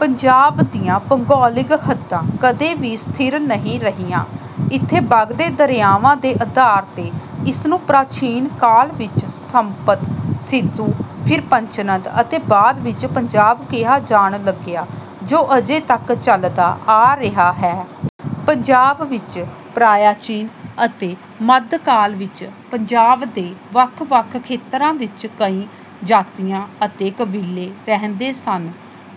ਪੰਜਾਬ ਦੀਆਂ ਭੂਗੋਲਿਕ ਹੱਦਾਂ ਕਦੇ ਵੀ ਸਥਿਰ ਨਹੀਂ ਰਹੀਆਂ। ਇੱਥੇ ਵਗਦੇ ਦਰਿਆਵਾਂ ਦੇ ਆਧਾਰ ਤੇ ਇਸ ਨੂੰ ਪ੍ਰਾਚੀਨ ਕਾਲ ਵਿੱਚ ਸਪਤ ਸਿੰਧੂ, ਫਿਰ ਪੰਚਨਦ ਅਤੇ ਬਾਅਦ ਵਿੱਚ ਪੰਜਾਬ ਕਿਹਾ ਜਾਣ ਲੱਗਿਆ, ਜੋ ਅਜੇ ਤੱਕ ਚੱਲਦਾ ਆ ਰਿਹਾ ਹੈ। ਪੰਜਾਬ ਵਿੱਚ ਪ੍ਰਾਯਾਚੀਨ ਅਤੇ ਮੱਧਕਾਲ ਵਿੱਚ ਪੰਜਾਬ ਦੇ ਵੱਖ-ਵੱਖ ਖੇਤਰਾਂ ਵਿੱਚ ਕਈ ਜਾਤੀਆਂ ਅਤੇ ਕਬੀਲੇ ਰਹਿੰਦੇ ਸਨ।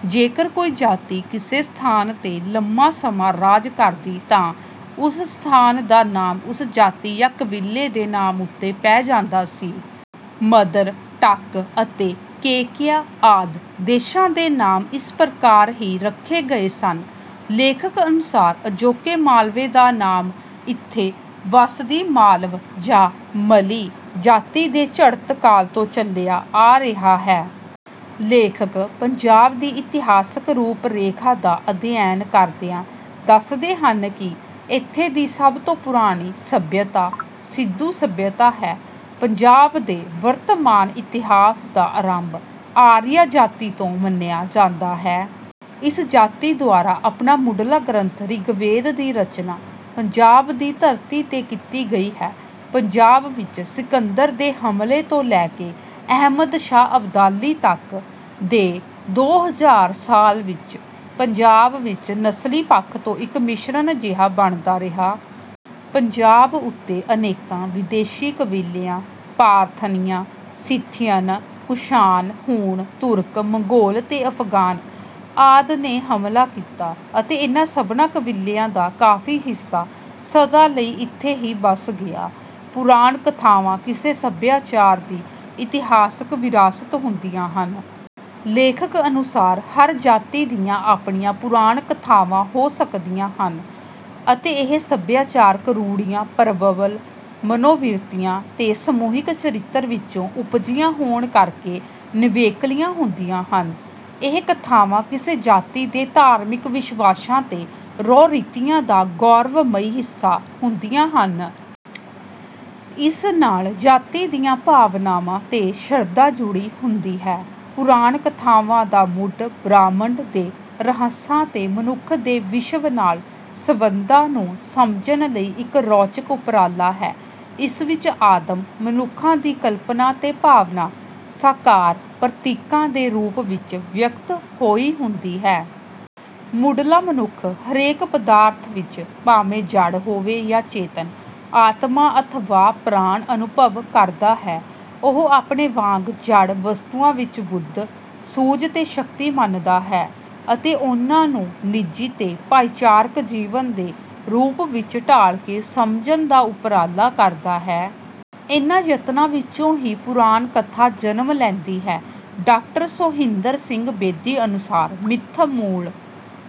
ਜੇਕਰ ਕੋਈ ਜਾਤੀ ਕਿਸੇ ਸਥਾਨ ਤੇ ਲੰਮਾ ਸਮਾਂ ਰਾਜ ਕਰਦੀ ਤਾਂ ਉਸ ਸਥਾਨ ਦਾ ਨਾਮ ਉਸ ਜਾਤੀ ਜਾਂ ਕਬੀਲੇ ਦੇ ਨਾਮ ਉੱਤੇ ਪੈ ਜਾਂਦਾ ਸੀ। ਮਦਰ, ਟੱਕ ਅਤੇ ਕੇਕਯ ਆਦਿ ਦੇਸ਼ਾਂ ਦੇ ਨਾਮ ਇਸ ਪ੍ਰਕਾਰ ਹੀ ਰੱਖੇ ਗਏ ਸਨ। ਲੇਖਕ ਅਨੁਸਾਰ ਅਜੋਕੇ ਮਾਲਵੇ ਦਾ ਨਾਮ ਇੱਥੇ ਵਸਦੀ ਮਾਲਵ ਜਾਂ ਮਲਈ ਜਾਤੀ ਦੇ ਚੜ੍ਹਤ ਕਾਲ ਤੋਂ ਚੱਲਿਆ ਆ ਰਿਹਾ ਹੈ। ਲੇਖਕ ਪੰਜਾਬ ਦੀ ਇਤਿਹਾਸਕ ਰੂਪ ਰੇਖਾ ਦਾ ਅਧਿਐਨ ਕਰਦਿਆਂ ਦੱਸਦੇ ਹਨ ਕਿ ਇੱਥੇ ਦੀ ਸਭ ਤੋਂ ਪੁਰਾਣੀ ਸੱਭਿਅਤਾ ਸਿੰਧੂ ਸੱਭਿਅਤਾ ਹੈ। ਪੰਜਾਬ ਦੇ ਵਰਤਮਾਨ ਇਤਿਹਾਸ ਦਾ ਆਰੰਭ ਆਰੀਆ ਜਾਤੀ ਤੋਂ ਮੰਨਿਆ ਜਾਂਦਾ ਹੈ। ਇਸ ਜਾਤੀ ਦੁਆਰਾ ਆਪਣਾ ਮੁੱਢਲਾ ਗ੍ਰੰਥ ਰਿਗਵੇਦ ਦੀ ਰਚਨਾ ਪੰਜਾਬ ਦੀ ਧਰਤੀ ਤੇ ਕੀਤੀ ਗਈ ਹੈ। ਪੰਜਾਬ ਵਿੱਚ ਸਿਕੰਦਰ ਦੇ ਹਮਲੇ ਤੋਂ ਲੈ ਕੇ ਅਹਿਮਦ ਸ਼ਾਹ ਅਬਦਾਲੀ ਤੱਕ ਦੇ ਦੋ ਹਜ਼ਾਰ ਸਾਲ ਵਿੱਚ ਪੰਜਾਬ ਵਿੱਚ ਨਸਲੀ ਪੱਖ ਤੋਂ ਇੱਕ ਮਿਸ਼ਰਣ ਜਿਹਾ ਬਣਦਾ ਰਿਹਾ। ਪੰਜਾਬ ਉੱਤੇ ਅਨੇਕਾਂ ਵਿਦੇਸ਼ੀ ਕਬੀਲਿਆਂ ਪਾਰਥੀਅਨਾ, ਸਿਥੀਅਨ, ਕੁਸ਼ਾਨ, ਹੂਣ, ਤੁਰਕ, ਮੰਗੋਲ ਤੇ ਅਫਗਾਨ ਆਦਿ ਨੇ ਹਮਲਾ ਕੀਤੇ, ਅਤੇ ਇਨ੍ਹਾਂ ਸਭਨਾਂ ਕਬੀਲਿਆਂ ਦਾ ਕਾਫੀ ਹਿੱਸਾ ਸਦਾ ਲਈ ਇੱਥੇ ਹੀ ਵਸ ਗਿਆ। ਪੁਰਾਣ ਕਥਾਵਾਂ ਕਿਸੇ ਸਭਿਆਚਾਰ ਦੀ ਇਤਿਹਾਸਕ ਵਿਰਾਸਤ ਹੁੰਦੀਆਂ ਹਨ। ਲੇਖਕ ਅਨੁਸਾਰ ਹਰ ਜਾਤੀ ਦੀਆਂ ਆਪਣੀਆਂ ਪੁਰਾਣ ਕਥਾਵਾਂ ਹੋ ਸਕਦੀਆਂ ਹਨ, ਅਤੇ ਇਹ ਸਭਿਆਚਾਰਕ ਰੂੜੀਆਂ, ਪ੍ਰਬਲ ਮਨੋਵਿਰਤੀਆਂ ਤੇ ਸਮੂਹਿਕ ਚਰਿੱਤਰ ਵਿੱਚੋਂ ਉਪਜੀਆਂ ਹੋਣ ਕਰਕੇ ਨਿਵੇਕਲੀਆਂ ਹੁੰਦੀਆਂ ਹਨ। ਇਹ ਕਥਾਵਾਂ ਕਿਸੇ ਜਾਤੀ ਦੇ ਧਾਰਮਿਕ ਵਿਸ਼ਵਾਸਾਂ ਤੇ ਰਹੁ-ਰੀਤੀਆਂ ਦਾ ਗੌਰਵਮਈ ਹਿੱਸਾ ਹੁੰਦੀਆਂ ਹਨ। ਇਸ ਨਾਲ ਜਾਤੀ ਦੀਆਂ ਭਾਵਨਾਵਾਂ ਤੇ ਸ਼ਰਧਾ ਜੁੜੀ ਹੁੰਦੀ ਹੈ। ਪੁਰਾਣ ਕਥਾਵਾਂ ਦਾ ਮੁੱਢ ਬ੍ਰਹਿਮੰਡ ਦੇ ਰਹੱਸਾਂ ਤੇ ਮਨੁੱਖ ਦੇ ਵਿਸ਼ਵ ਨਾਲ ਸੰਬੰਧਾਂ ਨੂੰ ਸਮਝਣ ਲਈ ਇੱਕ ਰੌਚਕ ਉਪਰਾਲਾ ਹੈ। ਇਸ ਵਿੱਚ ਆਦਿਮ ਮਨੁੱਖਾ ਦੀ ਕਲਪਨਾ ਤੇ ਭਾਵਨਾ, ਸਾਕਾਰ ਪ੍ਰਤੀਕਾਂ ਦੇ ਰੂਪ ਵਿੱਚ ਵਿਅਕਤ ਹੋਈ ਹੁੰਦੀ ਹੈ। ਮੁੱਢਲਾ ਮਨੁੱਖ ਹਰੇਕ ਪਦਾਰਥ ਵਿੱਚ, ਭਾਵੇਂ ਜੜ੍ਹ ਹੋਵੇ ਜਾਂ ਚੇਤਨ, ਆਤਮਾ ਅਥਵਾ ਪ੍ਰਾਣ ਅਨੁਭਵ ਕਰਦਾ ਹੈ। ਉਹ ਆਪਣੇ ਵਾਂਗ ਜੜ੍ਹ ਵਸਤੂਆਂ ਵਿੱਚ ਬੁੱਧ, ਸੂਝ ਤੇ ਸ਼ਕਤੀ ਮੰਨਦਾ ਹੈ, ਅਤੇ ਉਨ੍ਹਾਂ ਨੂੰ ਨਿੱਜੀ ਤੇ ਭਾਈਚਾਰਕ ਜੀਵਨ ਦੇ ਰੂਪ ਵਿੱਚ ਢਾਲ ਕੇ ਸਮਝਣ ਦਾ ਉਪਰਾਲਾ ਕਰਦਾ ਹੈ। ਇਨ੍ਹਾਂ ਯਤਨਾਂ ਵਿੱਚੋਂ ਹੀ ਪੁਰਾਣ ਕਥਾ ਜਨਮ ਲੈਂਦੀ ਹੈ। ਡਾਕਟਰ ਸੋਹਿੰਦਰ ਸਿੰਘ ਬੇਦੀ ਅਨੁਸਾਰ ਮਿੱਥ ਮੂਲ